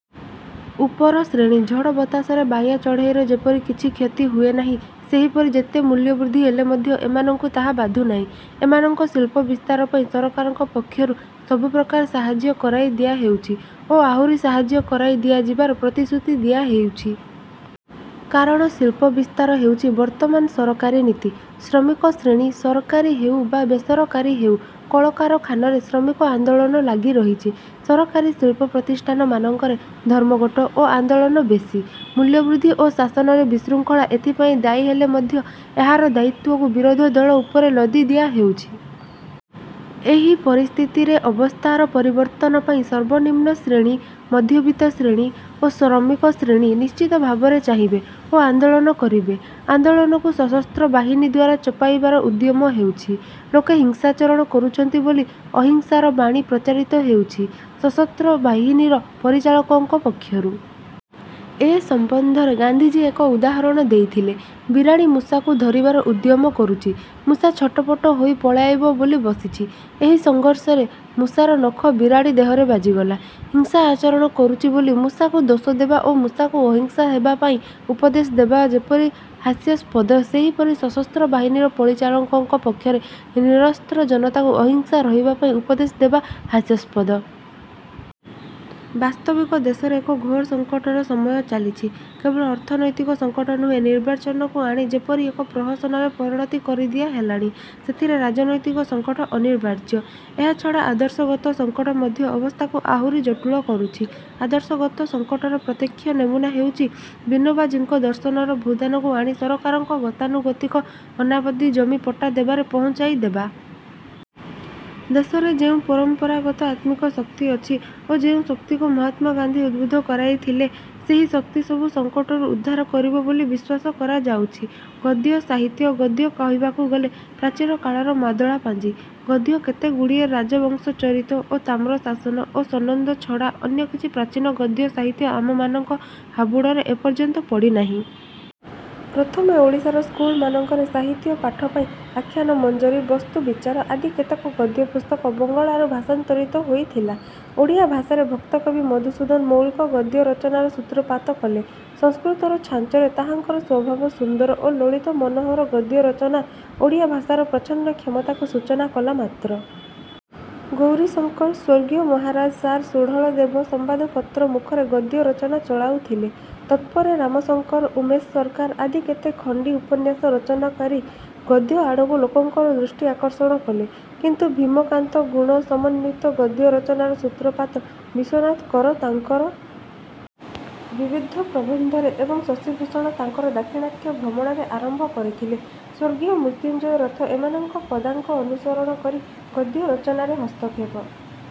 ଉପର ଶ୍ରେଣୀ- ଝଡ଼ ବତାସରେ ବାୟା ଚଢ଼େଇର ଯେପରି କିଛି କ୍ଷତି ହୁଏନାହିଁ, ସେହିପରି ଯେତେ ମୂଲ୍ୟବୃଦ୍ଧି ହେଲେ ମଧ୍ୟ ଏମାନଙ୍କୁ ତାହା ବାଧୁନାହିଁ। ଏମାନଙ୍କ ଶିଳ୍ପ ବିସ୍ତାର ପାଇଁ, ସରକାରଙ୍କ ପକ୍ଷରୁ ସବୁପ୍ରକାର ସାହାଯ୍ୟ କରାଇ ଦିଆହେଉଛି ଓ ଆହୁରି ସାହାଯ୍ୟ କରାଇ ଦିଆଯିବାର ପ୍ରତିଶ୍ରୁତି ଦିଆହେଉଛି। କାରଣ ଶିଳ୍ପ ବିସ୍ତାର ହେଉଛି ବର୍ତ୍ତମାନ ସରକାରୀ ନୀତି। ଶ୍ରମିକ ଶ୍ରେଣୀ- ସରକାରୀ ହେଉ ବା ବେସରକାରୀ ହେଉ କଳକାରଖାନାରେ ଶ୍ରମିକ ଆନ୍ଦୋଳନ ଲାଗି ରହିଛି। ସରକାରୀ ଶିଳ୍ପ ପ୍ରତିଷ୍ଠାନମାନଙ୍କରେ ଧର୍ମଘଟ ଓ ଆନ୍ଦୋଳନ ବେଶି। ମୂଲ୍ୟ ବୃଦ୍ଧି ଓ ଶାସନରେ ବିଶୃଙ୍ଖଳା ଏଥିପାଇଁ ଦାୟୀ ହେଲେ ମଧ୍ୟ ଏହାର ଦାୟିତ୍ୱକୁ ବିରୋଧଦଳ ଉପରେ ଲଦି ଦିଆ ହେଉଛି। ଏହି ପରିସ୍ଥିତିରେ ଅବସ୍ଥାର ପରିବର୍ତ୍ତନ ପାଇଁ ସର୍ବନିମ୍ନ ଶ୍ରେଣୀ, ମଧ୍ୟବିତ୍ତ ଶ୍ରେଣୀ ଓ ଶ୍ରମିକ ଶ୍ରେଣୀ ନିଶ୍ଚିତ ଭାବରେ ଚାହିଁବେ ଓ ଆନ୍ଦୋଳନ କରିବେ। ଆନ୍ଦୋଳନକୁ ସଶସ୍ତ୍ର ବାହିନୀଦ୍ୱାରା ଚପାଇବାର ଉଦ୍ୟମ ହେଉଛି। ଲୋକେ ହିଂସାଚରଣ କରୁଛନ୍ତି ବୋଲି ଅହିଂସାର ବାଣୀ ପ୍ରଚାରିତ ହେଉଛି ସଶସ୍ତ୍ର ବାହିନୀର ପରିଚାଳକଙ୍କ ପକ୍ଷରୁ। ଏ ସମ୍ବନ୍ଧରେ ଗାନ୍ଧିଜୀ ଏକ ଉଦାହରଣ ଦେଇଥିଲେ। ବିରାଡ଼ି ମୂଷାକୁ ଧରିବାର ଉଦ୍ୟମ କରୁଚି। ମୂଷା ଛଟପଟ ହୋଇ ପଳାଇବ ବୋଲି ବସିଛି। ଏହି ସଂଘର୍ଷରେ ମୂଷାର ନଖ ବିରାଡ଼ି ଦେହରେ ବାଜିଗଲା। ହିଂସା ଆଚରଣ କରୁଚି ବୋଲି ମୂଷାକୁ ଦୋଷଦେବା ଓ ମୂଷାକୁ ଅହିଂସା ହେବା ପାଇଁ ଉପଦେଶ ଦେବା ଯେପରି ହାସ୍ୟାସ୍ପଦ ସେହିପରି ସଶସ୍ତ୍ର ବାହିନୀର ପରିଚାଳକଙ୍କ ପକ୍ଷରେ ନିରସ୍ତ୍ର ଜନତାକୁ ଅହିଂସା ରହିବା ପାଇଁ ଉପଦେଶ ଦେବା ହାସ୍ୟାସ୍ପଦ। ' ବାସ୍ତବିକ ଦେଶରେ ଏକ ଘୋର ସଂକଟର ସମୟ ଚାଲିଛି। କେବଳ ଅର୍ଥନୈତିକ ସଂକଟ ନୁହେଁ। ନିର୍ବାଚନକୁ ଆଣି ଯେପରି ଏକ ପ୍ରହସନରେ ପରିଣତି କରିଦିଆ ହେଲାଣି, ସେଥିରେ ରାଜନୈତିକ ସଂକଟ ଅନିବାର୍ଯ୍ୟ। ଏହାଛଡ଼ା ଆଦର୍ଶଗତ ସଂକଟ ମଧ୍ୟ ଅବସ୍ଥାକୁ ଆହୁରି ଜଟିଳ କରୁଛି। ଆଦର୍ଶଗତ ସଂକଟର ପ୍ରତ୍ୟକ୍ଷ ନମୁନା ହେଉଛି ବିନୋବାଜୀଙ୍କ ଦର୍ଶନର ଭୂଦାନକୁ ଆଣି ସରକାରଙ୍କ ଗତାନୁଗତିକ ଅନାବାଦୀ ଜମି ପଟ୍ଟା ଦେବାରେ ପହୁଞ୍ଚାଇଦେବା। ଦେଶରେ ଯେଉଁ ପରମ୍ପରାଗତ ଆତ୍ମିକ ଶକ୍ତି ଅଛି ଓ ଯେଉଁ ଶକ୍ତିକୁ ମହାତ୍ମାଗାନ୍ଧି ଉଦ୍ବୁଦ୍ଧ କରାଇଥିଲେ, ସେହି ଶକ୍ତି ସବୁ ସଙ୍କଟରୁ ଉଦ୍ଧାର କରିବ ବୋଲି ବିଶ୍ୱାସ କରାଯାଉଛି। ଗଦ୍ୟ ସାହିତ୍ୟ-ଗଦ୍ୟ କହିବାକୁ ଗଲେ, ପ୍ରାଚୀନ କାଳର ମାଦଳାପାଞ୍ଜି, ଗଦ୍ୟ କେତେଗୁଡ଼ିଏ ରାଜବଂଶଚରିତ ଓ ତାମ୍ରଶାସନ ଓ ସନନ୍ଦ ଛଡ଼ା ଅନ୍ୟ କିଛି ପ୍ରାଚୀନ ଗଦ୍ୟ ସାହିତ୍ୟ ଆମମାନଙ୍କ ହାବୁଡ଼ରେ ଏପର୍ଯ୍ୟନ୍ତ ପଡ଼ିନାହିଁ। ପ୍ରଥମେ ଓଡ଼ିଶାର ସ୍କୁଲମାନଙ୍କରେ ସାହିତ୍ୟ ପାଠ ପାଇଁ 'ଆଖ୍ୟାନମଞ୍ଜରୀ' 'ବସ୍ତୁବିଚାର' ଆଦି କେତେକ ଗଦ୍ୟ ପୁସ୍ତକ ବଙ୍ଗଳାରୁ ଭାଷାନ୍ତରିତ ହୋଇଥିଲା। ଓଡ଼ିଆ ଭାଷାରେ ଭକ୍ତକବି ମଧୁସୂଦନ ମୌଳିକ ଗଦ୍ୟ ରଚନାର ସୂତ୍ରପାତ କଲେ। ସଂସ୍କୃତର ଛାଞ୍ଚରେ ତାହାଙ୍କର ସ୍ୱଭାବ-ସୁନ୍ଦର ଓ ଲଳିତ ମନୋହର ଗଦ୍ୟ ରଚନା ଓଡ଼ିଆ ଭାଷାର ପ୍ରଚ୍ଛନ୍ନ କ୍ଷମତାକୁ ସୂଚନା କଲା ମାତ୍ର। ଗୌରୀଶଙ୍କର, ସ୍ୱର୍ଗୀୟ ମହାରାଜା ସାର୍ ସୁଢ଼ଳ ଦେବ, ସମ୍ୱାଦପତ୍ର ମୁଖରେ ଗଦ୍ୟ ରଚନା ଚଳାଉଥିଲେ। ତତ୍ପରେ ରାମଶଙ୍କର, ଉମେଶ ସରକାର ଆଦି କେତେ ଖଣ୍ଡି ଉପନ୍ୟାସ ରଚନାକରୀ ଗଦ୍ୟ ଆଡ଼କୁ ଲୋକଙ୍କର ଦୃଷ୍ଟିଆକର୍ଷଣ କଲେ, କିନ୍ତୁ ଭୀମ-କାନ୍ତ-ଗୁଣ-ସମନ୍ୱିତ ଗଦ୍ୟ ରଚନାର ସୂତ୍ରପାତ ବିଶ୍ୱନାଥ କର ତାଙ୍କର ବିବିଧ ପ୍ରବନ୍ଧରେ ଏବଂ ଶଶିଭୂଷଣ ତାଙ୍କର ଦାକ୍ଷିଣାତ୍ୟ ଭ୍ରମଣରେ ଆରମ୍ଭ କରିଥିଲେ; ସ୍ୱର୍ଗୀୟ ମୃତ୍ୟୁଞ୍ଜୟ ରଥ ଏମାନଙ୍କ ପଦାଙ୍କ ଅନୁସରଣ କରି ଗଦ୍ୟ ରଚନାରେ ହସ୍ତକ୍ଷେପ